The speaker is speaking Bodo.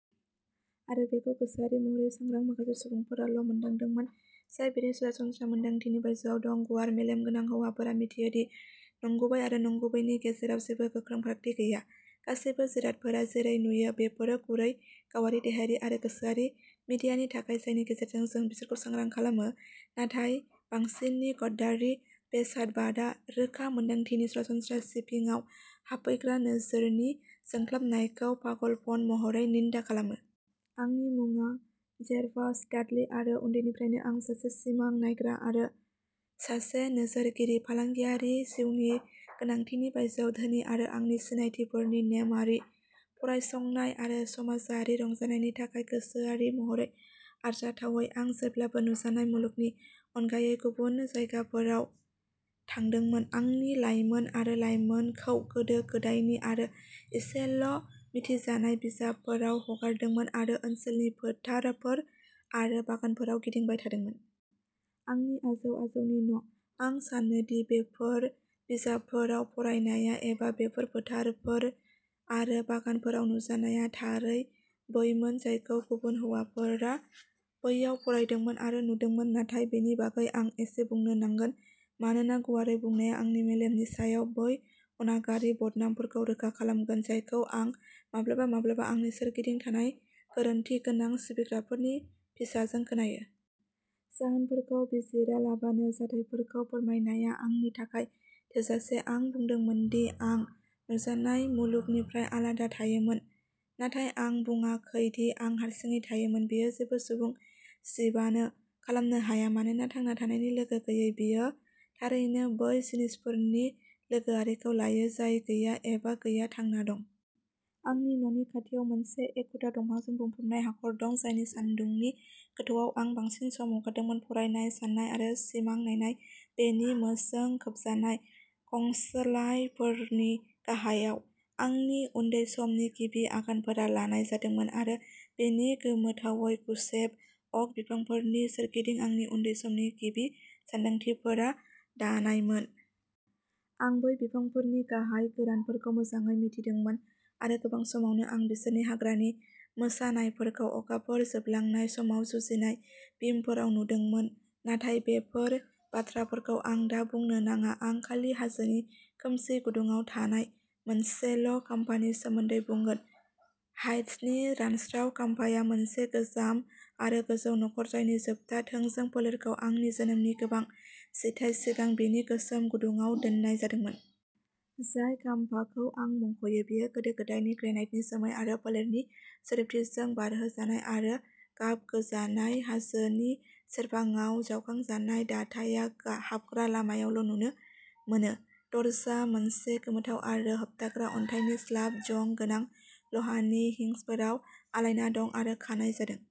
आरो बेखौ गोसोआरि महरै सांग्रां माखासे सुबुंफोराल' मोनदांदोंमोन, जाय बेनि सरासनस्रा मोन्दांथिनि बायजोआव दं। गुवार मेलेम गोनां हौवाफोरा मिथियो दि नंगुबै आरो नंगुबैनि गेजेराव जेबो गोख्रों फारागथि गैया, गासैबो जिरादफोरा जेरै नुयो बेफोरो गुरै गावारि देहायारि आरो गोसोआरि मिडियानि थाखाय जायनि गेजेरजों जों बिसोरखौ सांग्रां खालामो नाथाय बांसिननि गद्यारि बेसादबादआ रोखा मोनदांथिनि सरासनस्रा सिफिङाव हाबफैग्रा नोजोरनि जोंख्लाबनायखौ पागलपन महरै निन्दा खालामो। आंनि मुङा जेर्वास डाडली आरो उन्दैनिफ्रायनो आं सासे सिमां नायग्रा आरो सासे नोजोरगिरि। फालांगियारि जिउनि गोनांथिनि बायजोआव धोनि आरो आंनि सिनायथिफोरनि नेमआरि फरायसंनाय आरो समाजारि रंजानायनि थाखाय गोसोआरि महरै आरजाथावै, आं जेब्लाबो नुजानाय मुलुगनि अनगायै गुबुन जायगाफोराव थादोंमोन, आंनि लायमोन आरो लायमोनखौ गोदो गोदायनि आरो इसेल' मिथिजानाय बिजाबफोराव हगारदोंमोन आरो ओनसोलनि फोथारफोर आरो बागानफोराव गिदिंबाय थादोंमोन। आंनि आजौ आजौनि न'। आं सानो दि बेफोर बिजाबफोराव फरायनाया एबा बेफोर फोथारफोर आरो बागानफोराव नुजानाया थारै बैमोन जायखौ गुबुन हौवासाफोरा बैयाव फरायदोंमोन आरो नुदोंमोन, नाथाय बेनि बागै आं एसे बुंनो नांगोन, मानोना गुवारै बुंनाया आंनि मेलेमनि सायाव बै अनागारि बदनामफोरखौ रोखा खालामगोन जायखौ आं माब्लाबा माब्लाबा आंनि सोरगिदिं थानाय गोरोनथिगोनां सिबिग्राफोरनि फिसाजों खोनायो। जाहोनफोरखौ बिजिरालाबानो जाथायफोरखौ फोरमायनाया आंनि थाखाय थोजासे। आं बुंदोंमोन दि आं नुजानाय मुलुगनिफ्राय आलादा थायोमोन, नाथाय आं बुङाखै दि आं हारसिङै थायोमोन। बेयो जेबो सुबुं जिबानो खालामनो हाया, मानोना थांना थानायनि लोगो गैयै, बियो थारैनो बै जिनिसफोरनि लोगोआरिखौ लायो जाय गैया, एबा गैया, थांना दं। आंनि न'नि खाथियाव मोनसे एखुथा दंफांजों बुंफबनाय हाखर दं, जायनि सान्दुंनि गोथौआव आं बांसिन सम हगारदोंमोन, फरायनाय, साननाय आरो सिमां नायनाय। बेनि मोसजों खोबजानाय खंस्लायफोरनि गाहायाव। आंनि उन्दै समनि गिबि आगानफोरा लानाय जादोंमोन, आरो बेनि गोमोथावै गुसेब अक बिफांफोरनि सोरगिदिं आंनि उन्दै समनि गिबि सानदांथिफोरा दानायमोन। आं बै बिफांफोरनि गाहाय गोरानफोरखौ मोजाङै मिथिदोंमोन आरो गोबां समावनो आं बिसोरनि हाग्रानि मोसानायफोरखौ अखाफोर जोबलांनाय समाव जुजिनाय बिमफोराव नुदोंमोन, नाथाय बेफोर बाथ्राफोरखौ आं दा बुंनो नाङा। आं खालि हाजोनि खोमसि गुदुङाव थानाय मोनसेल' खाम्फानि सोमोन्दै बुंगोन, हाइड्सनि रानस्राव खाम्फाया, मोनसे गोजाम आरो गोजौ नखर जायनि जोबथा थोंजों फोलेरखौ आंनि जोनोमनि गोबां जिथाय सिगां बिनि गोसोम गुदुङाव दोननाय जादोंमोन। जाय खाम्फाखौ आं मुंख'यो बेयो गोदो गोदायनि ग्रेनाइटनि, जोमै आरो फोलेरनि सिदोबथिजों बारहोजानाय आरो गाबगोजानाय। हाजोनि सेरफाङाव जावखांजानाय, दाथाइया हाबग्रा लामायावल' नुनो मोनो। दरजा, मोनसे गोमोथाव आरो होबथाग्रा अन्थाइनि स्लाब, जं गोनां लहानि हिंजफोराव आलायना दं, आरो खानाय जादों।